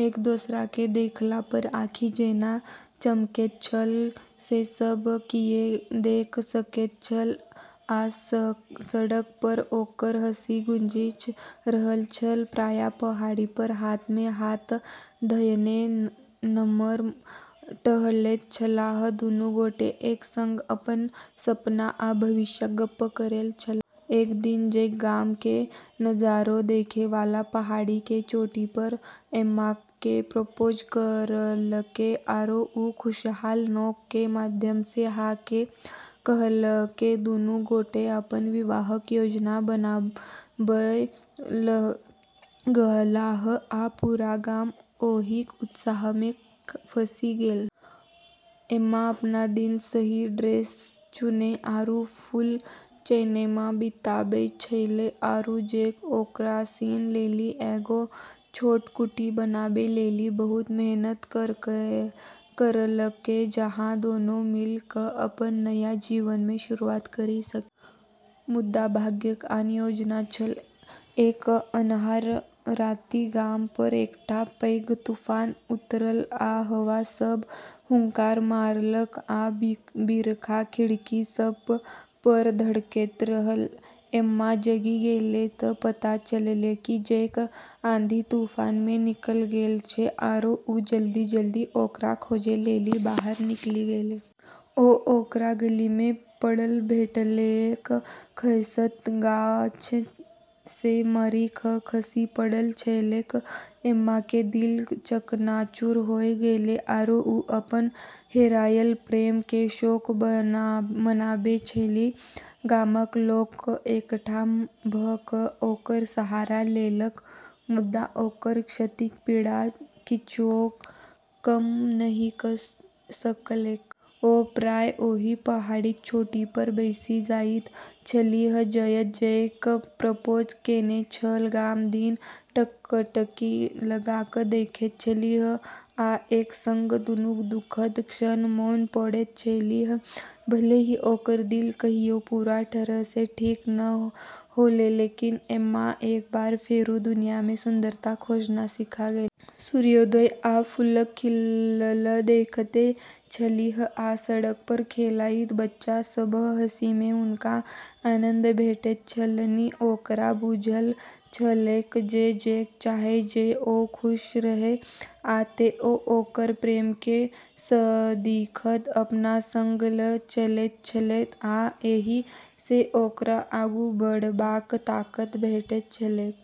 एक दोसरा के देखला पर आँखि जेना चमकैत छल से सब कियो देख सकैत छल, आ सड़क पर ओकर हँसी गूँजि रहल छल। प्रायः पहाड़ी पर हाथ मे हाथ धयने नम्हर टहलैत छलाह, दुनू गोटे एक संग अपन सपना आ भविष्यक गप्प करैत छलाह। एक दिन जैक गाम के नजारा देखै वाला पहाड़ी के चोटी पर एम्मा के प्रपोज करलकै, आरो वू खुशहाल नोर के माध्यम सें हाँ में कहलकै। दुनू गोटे अपन विवाहक योजना बनाबय लगलाह, आ पूरा गाम ओहि उत्साह मे फँसि गेल। एम्मा अपनऽ दिन सही ड्रेस चुनै आरू फूल चुनै म॑ बिताबै छेलै, आरू जैक ओकरा सिनी लेली एगो छोटऽ कुटी बनाबै लेली बहुत मेहनत करलकै, जहाँ दोनों मिल क॑ अपनऽ नया जीवन के शुरुआत करी सक॑। मुदा भाग्यक आन योजना छल। एक अन्हार राति गाम पर एकटा पैघ तूफान उतरल आ हवा सभ हुंकार मारलक आ बरखा खिड़की सभ पर धड़कैत रहल। एम्मा जागि गेलै त' पता चललै कि जैक आंधी-तूफान में निकली गेलऽ छै, आरो वू जल्दी-जल्दी ओकरा खोजै लेली बाहर निकली गेलै। ओ ओकरा गली मे पड़ल भेटलैक, खसैत गाछ सँ मारि क' खसि पड़ल छलैक। एम्मा के दिल चकनाचूर होय गेलै, आरो वू अपनऽ हेरायलऽ प्रेम के शोक मनाबै छेली। गामक लोक एकठाम भ' क' ओकर सहारा लेलक, मुदा ओकर क्षतिक पीड़ा किछुओ कम नहि क' सकलैक। ओ प्रायः ओहि पहाड़ीक चोटी पर बैसि जाइत छलीह जतय जैक प्रपोज केने छल, गाम दिस टकटकी लगा क ' देखैत छलीह आ एक संग दुनूक सुखद क्षण मोन पाड़ैत छलीह। भले ही ओकरऽ दिल कहियो पूरा तरह सें ठीक नै होलै, लेकिन एम्मा एक बार फेरू दुनिया में सुंदरता खोजना सीखी गेलै। सूर्योदय आ फूलक खिलल देखैत छलीह, आ सड़क पर खेलाइत बच्चा सभक हँसी मे हुनका आनन्द भेटैत छलनि। ओकरा बुझल छलैक जे जैक चाहत जे ओ खुश रहय, आ तें ओ ओकर प्रेम केँ सदिखन अपना संग ल' क' चलैत छलैक, आ एहि सँ ओकरा आगू बढ़बाक ताकत भेटैत छलैक।